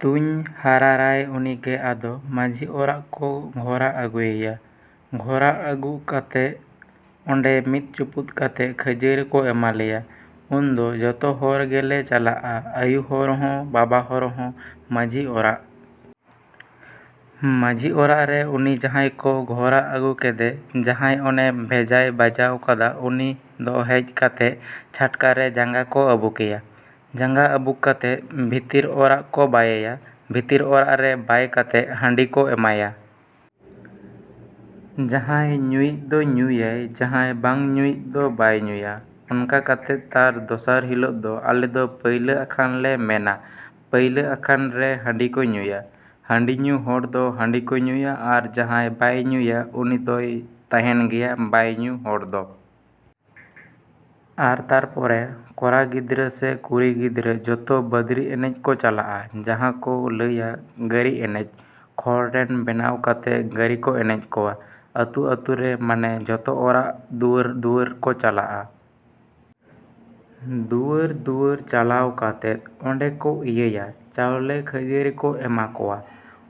‎ᱛᱩᱧ ᱦᱟᱲᱟᱨᱟᱭ ᱩᱱᱤᱜᱮ ᱟᱫᱚ ᱢᱟᱺᱡᱷᱤ ᱚᱲᱟᱜ ᱠᱚ ᱜᱷᱚᱲᱟ ᱟᱹᱜᱩ ᱮᱭᱟ᱾ ᱜᱷᱚᱲᱟ ᱟᱹᱜᱩ ᱠᱟᱛᱮᱫ ᱚᱸᱰᱮ ᱢᱤᱫ ᱪᱩᱯᱩᱫ ᱠᱟᱛᱮᱫ ᱠᱷᱟᱹᱡᱟᱹᱲᱤ ᱠᱚ ᱮᱢᱟ ᱞᱮᱭᱟ᱾ ᱩᱱᱫᱚ ᱡᱷᱚᱛᱚ ᱦᱚᱲ ᱜᱮᱞᱮ ᱪᱟᱞᱟᱜᱼᱟ ᱟᱹᱭᱩ ᱦᱚᱲ ᱦᱚᱸ ᱵᱟᱵᱟ ᱦᱚᱲ ᱦᱚᱸ ᱢᱟᱹᱡᱷᱤ ᱚᱲᱟᱜ᱾ ᱢᱟᱹᱡᱷᱤ ᱚᱲᱟᱜ ᱨᱮ ᱩᱱᱤ ᱡᱟᱦᱟᱸᱭ ᱠᱚ ᱜᱷᱚᱲᱟ ᱟᱹᱜᱩ ᱠᱮᱫᱮ ᱡᱟᱦᱟᱸᱭ ᱚᱱᱮ ᱵᱷᱮᱡᱟᱭ ᱵᱟᱡᱟᱣ ᱠᱟᱫᱟ ᱩᱱᱤ ᱫᱚ ᱦᱮᱡ ᱠᱟᱛᱮᱫ ᱪᱷᱟᱴᱠᱟᱨᱮ ᱡᱟᱸᱜᱟ ᱠᱚ ᱟᱹᱵᱩᱠ ᱮᱭᱟ᱾ ᱡᱟᱸᱜᱟ ᱟᱹᱵᱩᱠ ᱠᱟᱛᱮᱫ ᱵᱷᱤᱛᱨᱤ ᱚᱲᱟᱜ ᱠᱚ ᱵᱟᱭᱮᱭᱟ᱾ ᱵᱷᱤᱛᱤᱨ ᱚᱲᱟᱜ ᱨᱮ ᱵᱟᱭ ᱠᱟᱛᱮᱫ ᱦᱟᱺᱰᱤ ᱠᱚ ᱮᱢᱟᱭᱟ᱾ ᱡᱟᱦᱟᱸᱭ ᱧᱩᱭᱤᱡ ᱫᱚ ᱧᱩᱭᱟᱭ ᱡᱟᱦᱟᱸᱭ ᱵᱟᱝ ᱧᱩᱭᱤᱡ ᱫᱚ ᱵᱟᱭ ᱧᱩᱭᱟ᱾ ᱚᱱᱠᱟ ᱠᱟᱛᱮᱫ ᱛᱟᱨ ᱫᱚᱥᱟᱨ ᱦᱤᱞᱚᱜ ᱫᱚ ᱟᱞᱮ ᱫᱚ ᱯᱟᱹᱭᱞᱟᱹ ᱟᱠᱷᱟᱱᱞᱮ ᱢᱮᱱᱟ ᱯᱟᱹᱭᱞᱟᱹ ᱟᱠᱷᱟᱱ ᱨᱮ ᱦᱟᱺᱰᱤ ᱠᱚ ᱧᱩᱭᱟ᱾ ᱦᱟᱺᱰᱤ ᱧᱩ ᱦᱚᱲ ᱫᱚ ᱦᱟᱺᱰᱤ ᱠᱚ ᱧᱩᱭᱟ ᱟᱨ ᱡᱟᱦᱟᱸᱭ ᱵᱟᱭ ᱧᱩᱭᱟ ᱩᱱᱤ ᱫᱚᱭ ᱛᱟᱦᱮᱱ ᱜᱮᱭᱟ ᱵᱟᱭ ᱧᱩ ᱦᱚᱲ ᱫᱚ᱾ ᱟᱨ ᱛᱟᱨᱯᱚᱨᱮ ᱠᱚᱲᱟ ᱜᱤᱫᱽᱨᱟᱹ ᱥᱮ ᱠᱩᱲᱤ ᱜᱤᱫᱽᱨᱟᱹ ᱡᱷᱚᱛᱚ ᱵᱟᱹᱫᱽᱨᱤ ᱮᱱᱮᱡ ᱠᱚ ᱪᱟᱞᱟᱜᱼᱟ ᱡᱟᱦᱟᱸ ᱠᱚ ᱞᱟᱹᱭᱟ ᱜᱟᱹᱲᱤ ᱮᱱᱮᱡ ᱠᱷᱚᱲ ᱨᱮᱱ ᱵᱮᱱᱟᱣ ᱠᱟᱛᱮᱫ ᱜᱟᱹᱲᱤ ᱠᱚ ᱮᱱᱮᱡ ᱠᱚᱣᱟ᱾ ᱟᱹᱛᱩ ᱟᱹᱛᱩᱨᱮ ᱢᱟᱱᱮ ᱡᱷᱚᱛᱚ ᱦᱚᱲᱟᱜ ᱚᱲᱟᱜ ᱫᱩᱣᱟᱹᱨᱼᱫᱩᱣᱟᱹᱨ ᱠᱚ ᱪᱟᱞᱟᱜᱼᱟ᱾ ᱫᱩᱣᱟᱹᱨᱼᱫᱩᱣᱟᱹᱨ ᱪᱟᱞᱟᱣ ᱠᱟᱛᱮᱫ ᱚᱸᱰᱮ ᱠᱚ ᱤᱭᱟᱹᱭᱟ ᱪᱟᱣᱞᱮ ᱠᱷᱟᱹᱡᱟᱹᱲᱤ ᱠᱚ ᱮᱢᱟ ᱠᱚᱣᱟ᱾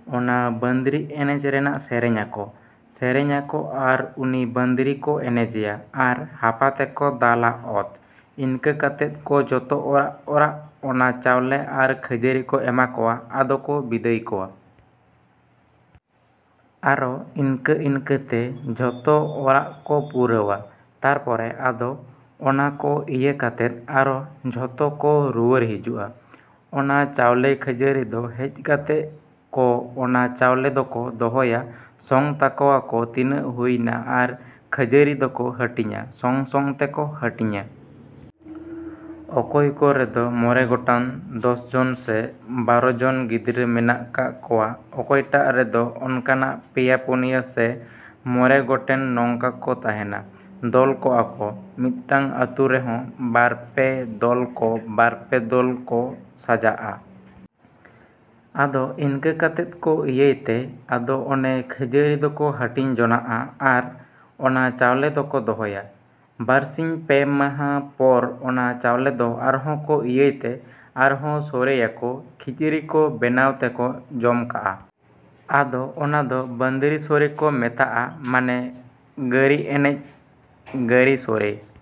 ᱚᱱᱟ ᱵᱟᱸᱫᱽᱨᱤ ᱮᱱᱮᱡ ᱨᱮᱱᱟᱜ ᱥᱮᱨᱮᱧᱟᱠᱚ, ᱥᱮᱨᱮᱧᱟᱠᱚ ᱟᱨ ᱩᱱᱤ ᱵᱟᱸᱫᱽᱨᱤ ᱠᱚ ᱮᱱᱮᱡᱮᱭᱟ ᱟᱨ ᱦᱟᱯᱟ ᱛᱮᱠᱚ ᱫᱟᱞᱟ ᱚᱛ᱾ ᱤᱱᱠᱟᱹ ᱠᱟᱛᱮᱫ ᱠᱚ ᱡᱷᱚᱛᱚ ᱚᱲᱟᱜᱼᱚᱲᱟᱜ ᱚᱱᱟ ᱪᱟᱣᱞᱮ ᱟᱨ ᱠᱷᱟᱹᱡᱟᱲᱤ ᱠᱚ ᱮᱢᱟᱠᱚᱣᱟ ᱟᱫᱚ ᱠᱚ ᱵᱤᱫᱟᱹᱭ ᱠᱚᱣᱟ᱾ ᱟᱨᱚ ᱤᱱᱠᱟᱹ ᱤᱱᱠᱟᱹ ᱛᱮ ᱡᱷᱚᱛᱚ ᱚᱲᱟᱜ ᱠᱚ ᱯᱩᱨᱟᱹᱣᱟ᱾ ᱛᱟᱨᱯᱚᱨᱮ ᱟᱫᱚ ᱚᱱᱟ ᱠᱚ ᱤᱭᱟᱹ ᱠᱟᱛᱮᱫ ᱟᱨᱚ ᱡᱷᱚᱛᱚ ᱠᱚ ᱨᱩᱣᱟᱹᱲ ᱦᱤᱡᱩᱜᱼᱟ᱾ ᱚᱱᱟ ᱪᱟᱣᱞᱮ ᱠᱷᱟᱹᱡᱟᱹᱲᱤ ᱫᱚ ᱦᱮᱡ ᱠᱟᱛᱮᱫ ᱠᱚ ᱚᱱᱟ ᱪᱟᱣᱞᱮ ᱫᱚᱠᱚ ᱫᱚᱦᱚᱭᱟ ᱥᱚᱝ ᱛᱟᱠᱚᱣᱟᱠᱚ ᱛᱤᱱᱟᱹᱜ ᱦᱩᱭᱱᱟ ᱟᱨ ᱠᱷᱟᱹᱡᱟᱹᱲᱤ ᱫᱚᱠᱚ ᱦᱟᱹᱴᱤᱧᱟ ᱥᱚᱝᱼᱥᱚᱝ ᱛᱮᱠᱚ ᱦᱟᱹᱴᱤᱧᱟ᱾ ᱚᱠᱚᱭ ᱠᱚ ᱨᱮᱫᱚ ᱢᱚᱬᱮ ᱜᱚᱴᱟᱱ ᱫᱚᱥ ᱡᱚᱱ ᱥᱮ ᱵᱟᱨᱚ ᱡᱚᱱ ᱜᱤᱫᱽᱨᱟᱹ ᱢᱮᱱᱟᱜ ᱠᱟᱜ ᱠᱚᱣᱟ ᱚᱠᱚᱭᱴᱟᱜ ᱨᱮᱫᱚ ᱚᱱᱠᱟᱜᱮ ᱯᱮᱭᱟ ᱯᱩᱱᱭᱟ ᱥᱮ ᱢᱚᱬᱮ ᱜᱚᱴᱮᱱ ᱱᱚᱝᱠᱟ ᱠᱚ ᱛᱟᱦᱮᱱᱟ᱾ ᱫᱚᱞ ᱠᱚᱜᱼᱟᱠᱚ ᱢᱤᱫᱴᱮᱱ ᱟᱹᱛᱩ ᱨᱮᱦᱚᱸ ᱵᱟᱨᱯᱮ ᱫᱚᱞ ᱠᱚ ᱵᱟᱨ ᱯᱮ ᱫᱚᱞ ᱠᱚ ᱥᱟᱡᱟᱜᱼᱟ᱾ ᱟᱫᱚ ᱤᱱᱠᱟᱹ ᱠᱟᱛᱮᱫ ᱠᱚ ᱤᱭᱟᱹᱭ ᱛᱮ ᱟᱫᱚ ᱚᱱᱮ ᱠᱷᱟᱹᱡᱟᱲᱤ ᱫᱚᱠᱚ ᱦᱟᱹᱴᱤᱧ ᱡᱚᱱᱟᱜᱼᱟ ᱟᱨ ᱚᱱᱟ ᱪᱟᱣᱞᱮ ᱫᱚᱠᱚ ᱫᱚᱦᱚᱭᱟ᱾ ᱵᱟᱨᱥᱤᱧ ᱯᱮ ᱢᱟᱦᱟ ᱯᱚᱨ ᱚᱱᱟ ᱪᱟᱣᱞᱮ ᱫᱚ ᱟᱨᱦᱚᱸ ᱠᱚ ᱤᱭᱟᱹᱭ ᱛᱮ ᱟᱨᱦᱚᱸ ᱥᱳᱲᱮᱭᱟᱠᱚ ᱠᱷᱤᱪᱲᱤ ᱠᱚ ᱵᱮᱱᱟᱣ ᱛᱮᱠᱚ ᱡᱚᱢ ᱠᱟᱜᱼᱟ᱾ ᱟᱫᱚ ᱚᱱᱟ ᱫᱚ ᱵᱟᱹᱫᱽᱨᱤ ᱥᱳᱲᱮ ᱠᱚ ᱢᱮᱛᱟᱜᱼᱟ ᱢᱟᱱᱮ ᱜᱟᱹᱲᱤ ᱮᱱᱮᱡ ᱜᱟᱹᱲᱤ ᱥᱳᱲᱮ᱾।